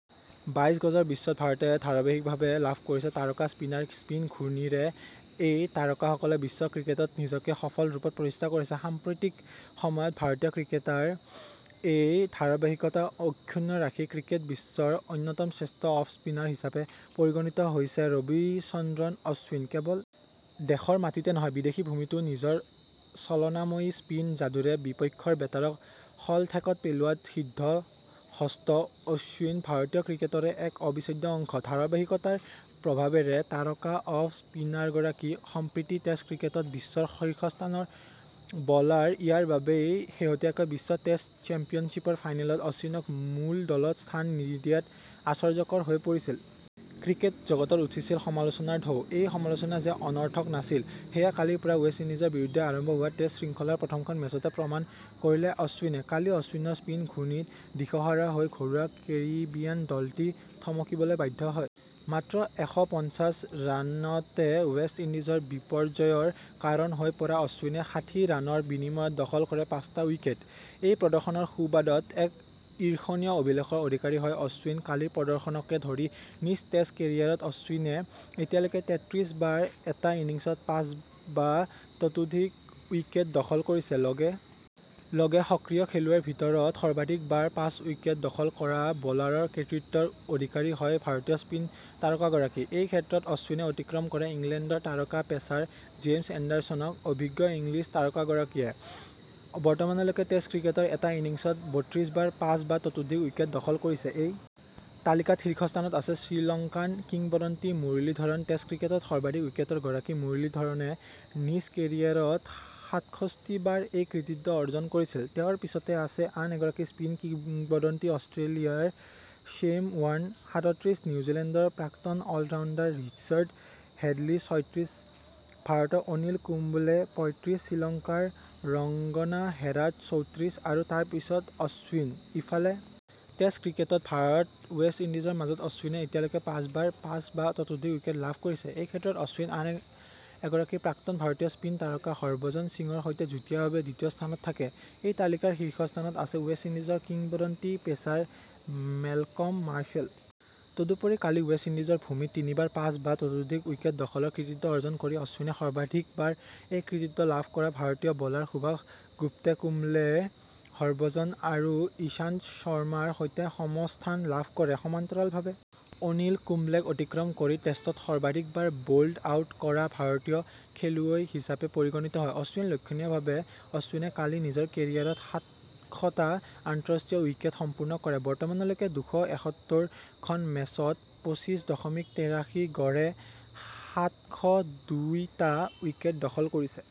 বাইছ গজৰ বিশ্বত ভাৰতে ধাৰাবাহিকভাৱে লাভ কৰিছে তাৰকা স্পিনাৰ স্পীন ঘূৰ্ণীৰে এই তাৰকাসকলে বিশ্ব ক্ৰিকেটত নিজকে সফল ৰূপত প্ৰতিষ্ঠা কৰিছে। সাম্প্ৰতিক সময়ত ভাৰতীয় ক্ৰিকেটাৰ এই ধাৰাবাহিকতা অক্ষুণ্ণ ৰাখি ক্ৰিকেট বিশ্বৰ অন্যতম শ্ৰেষ্ঠ অফ স্পিনাৰ হিচাপে পৰিগণিত হৈছে ৰবিচন্দ্ৰন অশ্বিন। কেৱল দেশৰ মাটিতে নহয় বিদেশী ভূমিতো নিজৰ চলনাময়ী স্পীন যাদুৰে বিপক্ষৰ বেটাৰক শলঠেকত পেলোৱাত সিদ্ধ হস্ত অশ্বিন ভাৰতীয় ক্ৰিকেটৰে এক অবিচ্ছেদ্য অংশ ।ধাৰাবাহিকতাৰ প্ৰভাৱেৰে তাৰকা অফ স্পিনাৰগৰাকী সম্প্ৰতি টেষ্ট ক্ৰিকেটত বিশ্বৰ শীৰ্ষস্থানৰ বলাৰইয়াৰ বাবেই শেহতীয়াকৈ বিশ্ব টেষ্ট চেম্পিয়নশ্বিপৰ ফাইনেলত অশ্বিনক মূল দলত স্থান নিদিয়াত আশ্চৰ্যকৰ হৈ পৰিছিল। ক্ৰিকেট জগতত উঠিছিল সমালোচনাৰ ঢৌ। এই সমালোচনা যে অনৰ্থক নাছিল সেয়া কালিৰ পৰা ৱেষ্ট ইণ্ডিজৰ বিৰুদ্ধে আৰম্ভ হোৱা টেষ্ট শৃংখলাৰ প্ৰথমখন মেচতে প্ৰমাণ কৰিলে অশ্বিনে। কালি অশ্বিনৰ স্পীন ঘূৰ্ণীত দিশহাৰা হৈ ঘৰুৱা কেৰিবিয়ান দলটি থমকিবলৈ বাধ্য হয়। মাত্ৰ এশ পঞ্চাছ ৰানতেৱেষ্ট ইণ্ডিজৰ বিপৰ্যয়ৰ কাৰণ হৈ পৰা অশ্বিনে ষাঠি ৰানৰ বিনিময়ত দখল কৰে পাঁচটা উইকেট। এই প্ৰদৰ্শনৰ সুবাদত এক ঈৰ্ষণীয় অভিলেখৰ অধিকাৰী হয় অশ্বিন কালিৰ প্ৰদৰ্শনকে ধৰি নিজ টেষ্ট কেৰিয়াৰত অশ্বিনে এতিয়ালৈকে তেতত্ৰিছ বাৰ এটা ইনিংছত পাঁচ বা তাতোধিক উইকেট দখল কৰিছে। লগে লগে সক্ৰিয় খেলুৱৈৰ ভিতৰত সৰ্বাধিক বাৰ পাঁচ উইকেট দখল কৰা বলাৰৰ কৃতিত্বৰ অধিকাৰী হয় ভাৰতীয় স্পীন তাৰকাগৰাকী। এই ক্ষেত্ৰত অশ্বিনে অতিক্ৰম কৰে ইংলেণ্ডৰ তাৰকা পেচাৰ জেমচ এণ্ডাৰছনক অভিজ্ঞ ইংলিছ তাৰকাগৰাকীয়ে। বৰ্তমানলৈকে টেষ্ট ক্ৰিকেটৰ এটা ইনিংছত বত্ৰিশ বাৰ পাঁচ বা তাতোধিক উইকেট দখল কৰিছে। এই তালিকাত শীৰ্ষস্থানত আছে শ্ৰীলংকান কিংবদন্তি মুৰুলীধৰণ টেষ্ট ক্ৰিকেটত সৰ্বাধিক উইকেটৰ গৰাকী মুৰুলীধৰণে নিজ কেৰিয়াৰত সাতষষ্ঠি বাৰ এই কৃতিত্ব অৰ্জন কৰিছিল। তেওঁৰ পিছতে আছে আন এগৰাকী স্পীন কিংবদন্তি অষ্ট্ৰেলিয়াৰ শ্বেন ৱাৰ্ণ সাতত্ৰিছ নিউজিলেণ্ডৰ প্ৰাক্তন অল ৰাউণ্ডাৰ ৰিচাৰ্ড হেডলী ছয়ত্ৰিছ ভাৰতৰ অনিল কুম্বলে পয়ত্ৰিছ শ্ৰীলংকাৰ ৰঙ্গনা হেৰাথ চৌত্ৰিছ আৰু তাৰ পিছত অশ্বিন। ইফালে টেষ্ট ক্ৰিকেটত ভাৰতৱেষ্ট ইণ্ডিজৰ মাজত অশ্বিনে এতিয়ালৈকে পাঁচবাৰ পাঁচ বা তাতোধিক উইকেট লাভ কৰিছে। এই ক্ষেত্ৰত অশ্বিন আন এগৰাকী প্ৰাক্তন ভাৰতীয় স্পীন তাৰকা হৰভজন সিঙৰ সৈতে যুটীয়াভাৱে দ্বিতীয় স্থানত থাকে। এই তালিকাৰ শীৰ্ষস্থানত আছে ৱেষ্ট ইণ্ডিজৰ কিংবদন্তী পেচাৰ মেলকম মাৰ্শ্বেল । তদুপৰি কালি ৱেষ্ট ইণ্ডিজৰ ভূমিত তিনিবাৰ পাঁচ বা তাতোধিক উইকেট দখলৰ কৃতিত্ব অৰ্জন কৰি অশ্বিনে সৰ্বাধিকবাৰ এই কৃতিত্ব লাভ কৰা ভাৰতীয় বলাৰ সুভাষ গুপ্তে কুম্বলে হৰভজন আৰু ঈশান্ত শৰ্মাৰ সৈতে সমস্থান লাভ কৰে। সমান্তৰালভাৱে অনিল কুম্বলেক অতিক্ৰম কৰি টেষ্টত সৰ্বাধিকবাৰ বল্ড আউট কৰা ভাৰতীয় খেলুৱৈ হিচাপে পৰিগণিত হয় ।অশ্বিন লক্ষণীয়ভাৱে অশ্বিনে কালি নিজৰ কেৰিয়াৰত সাতশটা আন্তঃৰাষ্ট্ৰীয় উইকেট সম্পূৰ্ণ কৰে। বৰ্তমানলৈকে দুশ এসত্তৰ খন মেচত পঁচিছ দশমিক তেৰাশী গড়ে সাতশ দুই টা উইকেট দখল কৰিছে।